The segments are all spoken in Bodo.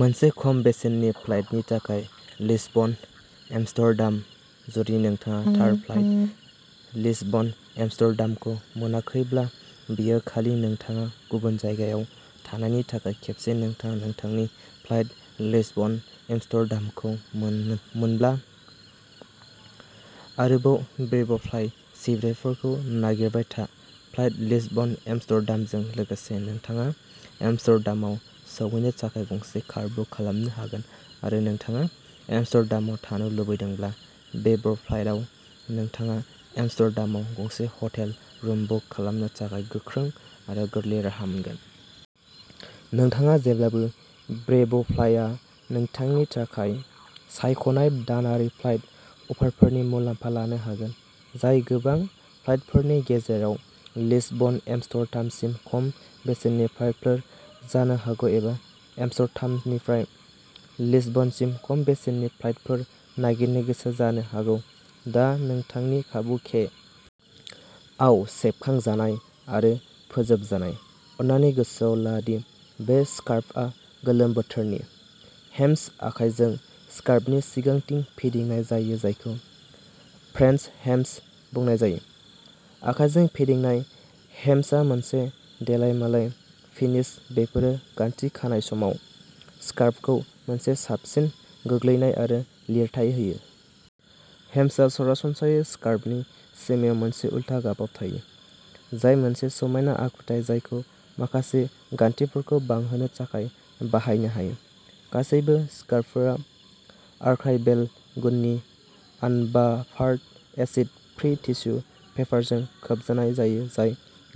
मोनसे खम बेसेननि फ्लाइटनि थाखाय लिसबन एम्स्टर्डाम। जुदि नोंथाङा थार फ्लाइट लिसबन-एम्स्टर्डामखौ मोनाखैब्ला, बेयो खालि नोंथाङा गुबुन जायगायाव थानायनि थाखाय खेबसे नोंथाङा नोंथांनि फ्लाइट लिसबन-एम्स्टर्डामखौ मोनब्ला, आरोबाव ब्रेभ'फ्लाइ सिबिथाइफोरखौ नागिरबाय था। फ्लाइट लिसबन-एम्स्टर्डामजों लोगोसे, नोंथाङा एम्स्टर्डामआव सौहैनो थाखाय गंसे कार बुक खालामनो हागोन आरो नोंथाङा एम्स्टर्डामाव थानो लुबैदोंब्ला, ब्रेभ'फ्लायाव नोंथाङा एम्स्टर्डामआव गंसे हटेल रुम बुक खालामनो थाखाय गोख्रै आरो गोरलै राहा मोनगोन। नोंथाङा जेब्लाबो ब्रेभ'फ्लाइआ नोंथांनि थाखाय सायख'नाय दानारि फ्लाइट अफारफोरनि मुलाम्फा लानो हागोन, जाय गोबां फ्लाइटफोरनि गेजेराव लिसबन-एम्स्टर्डामसिम खम बेसेननि फ्लाइटफोर जानो हागौ एबा एम्स्टर्डामनिफ्राय लिसबनसिम खम बेसेननि फ्लाइटफोर नागिरनो गोसो जानो हागौ, दा नोंथांनि खाबु के. आव सेबखांजानाय आरो फोजोबजानाय। अननानै गोसोआव ला दि बे स्कार्फआ गोलोम बोथोरनि। हेम्स आखायजों स्कार्फनि सिगांथिं फिदिंनाय जायो जायखौ "फ्रेन्स हेम्स" बुंनाय जायो। आखाइजों फिदिंनाय हेम्सआ मोनसे देलायमालाय फिनिश बेफोरो गानथि खानाय समाव स्कार्फखौ मोनसे साबसिन गोग्लैनाय आरो लिरथाय होयो। हेम्सआ सरासनस्रायै स्कार्फनि सिमायाव मोनसे उल्था गाबाव थायो, जाय मोनसे समायना आखुथाय जायखौ माखासे गानथिफोरखौ बांहोनो थाखाय बाहायनो हायो। गासैबो स्कार्फफोरा आर्काइभेल गुननि आनबाफार्ड एसिड फ्रि टिसु पेपारजों खोबजानाय जायो जाय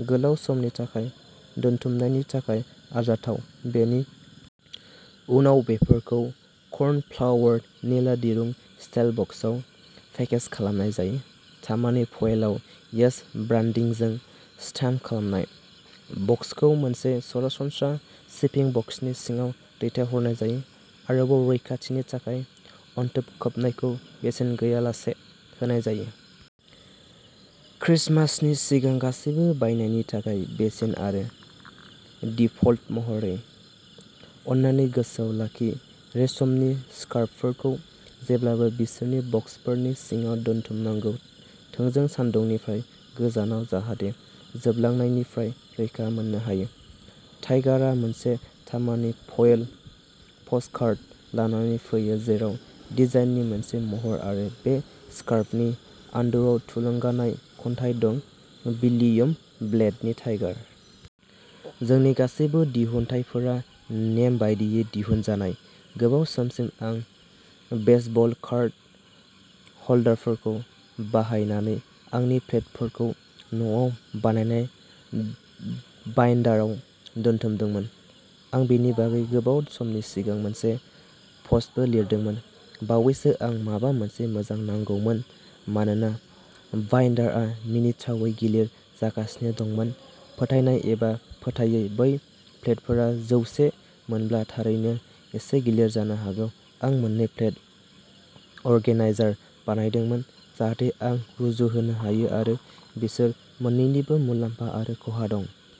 गोलाव समनि थाखाय दोनथुमनायनि थाखाय आरजाथाव। बेनि उनाव बेफोरखौ कर्नफ्लावर निला दिरुं स्टाइल बक्सआव पेकेज खालामनाय जायो, तामानि फयलआव इएच ब्रान्डिंजों स्टाम्प खालामनाय। बक्सखौ मोनसे सरासनस्रा शिपिं बक्सनि सिङाव दैथायहरनाय जायो, आरोबाव रैखाथिनि थाखाय अनथोब खोबनायखौ बेसेन गैयालासे होनाय जायो। ख्रिसमासनि सिगां गासैबो बायनायनि थाखाय बेसेन आरो दिफल्ट महरै। अन्नानै गोसोआव लाखि रेसमनि स्कार्फफोरखौ जेब्लाबो बिसोरनि बक्सफोरनि सिङाव दोनथुमनांगौ थोंजों सानदुंनिफ्राय गोजानाव जाहाथे जोबलांनायनिफ्राय रैखा मोननो हायो। टाइगारआ मोनसे तामानि फयल प'स्टकार्ड लानानै फैयो जेराव डिजाइननि मोनसे महर आरो बे स्कार्फनि आन्दोआव थुलुंगानाय खन्थाइ दं भिलियम ब्लेकनि टाइगार। जोंनि गासैबो दिहुनथायफोरा नेम बायदियै दिहुनजानाय। गोबाव समसिम आं बेसबल कार्ड ह'ल्डारफोरखौ बाहायनानै आंनि प्लेटफोरखौ न'आव बानायनाय बाइन्डाराव दोनथुमदोंमोन। आं बेनि बागै गोबाव समनि सिगां मोनसे प'स्टबो लिरदोंमोन। बावैसो आं माबा मोनसे मोजां नांगौमोन मानोना बाइन्डारआ मिनिथावै गिलिर जागासिनो दंमोन फोथायनाय एबा फोथायै बै प्लेटफोरा जौसे मोनब्ला थारैनो एसे गिलिर जानो हागौ आं मोननै प्लेट अर्गेनाइजार बायदोंमोन जाहाथे आं रुजुहोनो हायो आरो बिसोर मोननैनिबो मुलाम्फा आरो खहा दं।